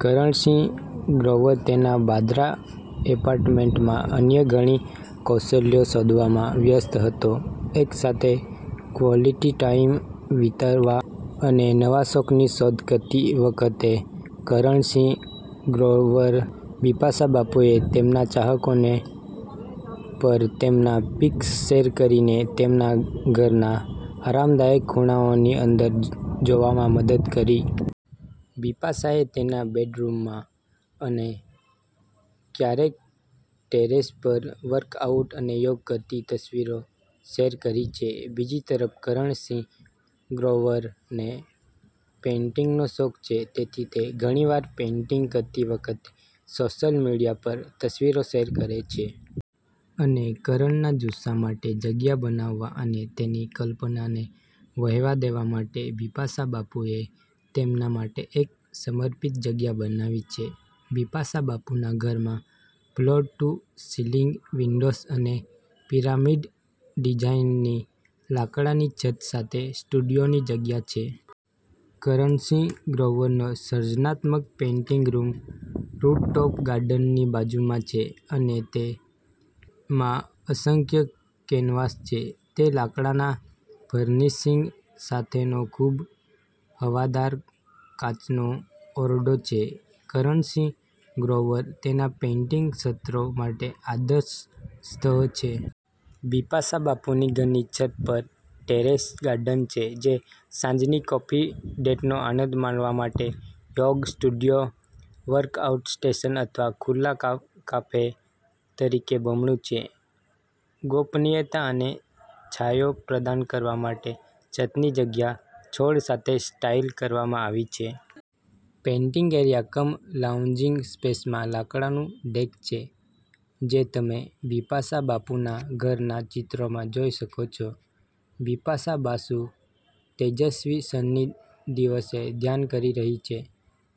કરણ સિંહ ગ્રોવર તેના બાંદ્રા એપાર્ટમેન્ટમાં અન્ય ઘણી કૌશલ્યો શોધવામાં વ્યસ્ત હતો. એકસાથે ક્વોલિટી ટાઈમ વિતાવતા અને નવા શોખની શોધ કરતી વખતે કરણ સિંહ ગ્રોવર અને બિપાશા બાસુએ તેમના ચાહકોને પર તેમના પિક્સ શેર કરીને તેમના ઘરના આરામદાયક ખૂણાઓની અંદર જોવામાં મદદ કરી. બિપાશાએ તેના બેડરૂમમાં અને ક્યારેક ટેરેસ પર વર્કઆઉટ અને યોગ કરતી તસવીરો શેર કરી છે. બીજી તરફ કરણ સિંહ ગ્રોવરને પેઇન્ટિંગનો શોખ છે તેથી તે ઘણીવાર પેઇન્ટિંગ કરતી વખતે સોશિયલ મીડિયા પર તસવીરો શેર કરે છે. અને કરણના જુસ્સા માટે જગ્યા બનાવવા અને તેની કલ્પનાને વહેવા દેવા માટે બિપાશા બાસુએ તેમના માટે એક સમર્પિત જગ્યા બનાવી છે. બિપાશા બાસુના ઘરમાં ફ્લોર-ટુ-સીલિંગ વિન્ડોઝ અને પિરામિડ ડિઝાઇનની લાકડાની છત સાથે સ્ટુડિયોની જગ્યા છે. કરણ સિંહ ગ્રોવરનો સર્જનાત્મક પેઇન્ટિંગ રૂમ રૂફટોપ ગાર્ડનની બાજુમાં છે અને તેમાં અસંખ્ય કેનવાસ છે. તે લાકડાના ફર્નિશિંગ સાથેનો ખૂબ હવાદાર કાચનો ઓરડો છે. કરણ સિંહ ગ્રોવર તેના પેઇન્ટિંગ સત્રો માટે આદર્શ સ્થળ છે. બિપાશા બાસુના ઘરની છત પર ટેરેસ ગાર્ડન છે જે સાંજની કોફી ડેટનો આનંદ માણવા માટે, યોગ સ્ટુડિયો, વર્કઆઉટ સ્ટેશન અથવા ખુલ્લા કાફે તરીકે બમણું છે. ગોપનીયતા અને છાંયો પ્રદાન કરવા માટે છતની જગ્યા છોડ સાથે સ્ટાઇલ કરવામાં આવી છે. પેઇન્ટિંગ એરિયા કમ લાઉન્જિંગ સ્પેસમાં લાકડાનું ડેક છે જે તમે બિપાશા બાસુના ઘરના ચિત્રોમાં જોઈ શકો છો. બિપાશા બાસુ તેજસ્વી સન્ની દિવસે ધ્યાન કરી રહી છે.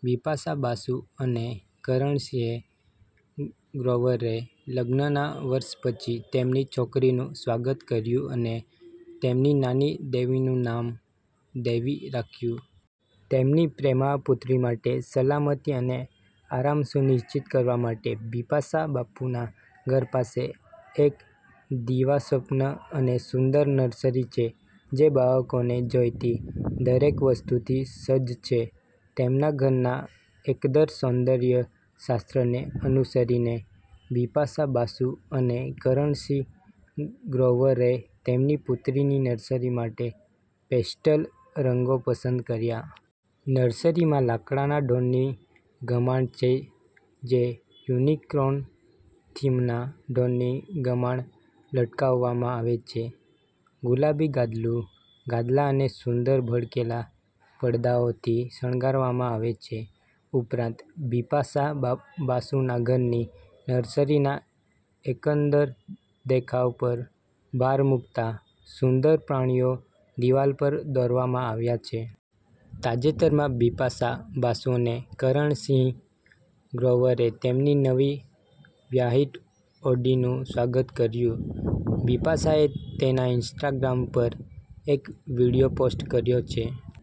બિપાશા બાસુ અને કરણ સિંહ ગ્રોવરે લગ્નનાવર્ષ પછી તેમની છોકરીનું સ્વાગત કર્યું અને તેમની નાની દેવીનું નામ "દેવી" રાખ્યું. તેમની પ્રેમાળ પુત્રી માટે સલામતી અને આરામ સુનિશ્ચિત કરવા માટે બિપાશા બાસુના ઘર પાસે એક દિવાસ્વપ્ન અને સુંદર નર્સરી છે જે બાળકને જોઈતી દરેક વસ્તુથી સજ્જ છે. તેમના ઘરના એકંદર સૌંદર્ય શાસ્ત્રને અનુસરીને બિપાશા બાસુ અને કરણ સિંહ ગ્રોવરે તેમની પુત્રીની નર્સરી માટે પેસ્ટલ રંગો પસંદ કર્યા. નર્સરીમાં લાકડાના ઢોરની ગમાણ છે જે યુનિકોર્ન થીમના ઢોરની ગમાણ લટકાવવામાં આવે છે. ગુલાબી ગાદલું, ગાદલા અને સુંદર ભડકેલા પડદાઓથી શણગારવામાં આવે છે. ઉપરાંત, બિપાશા બાસુના ઘરની નર્સરીના એકંદર દેખાવ પર ભાર મૂકતા, સુંદર પ્રાણીઓ દિવાલ પર દોરવામાં આવ્યા છે. તાજેતરમાં બિપાશા બાસુ અને કરણ સિંહ ગ્રોવરે તેમની નવી વ્હાઇટ ઓડી નું સ્વાગત કર્યું. બિપાશાએ તેના ઇન્સ્ટાગ્રામ પર એક વિડિયો પોસ્ટ કર્યો છે.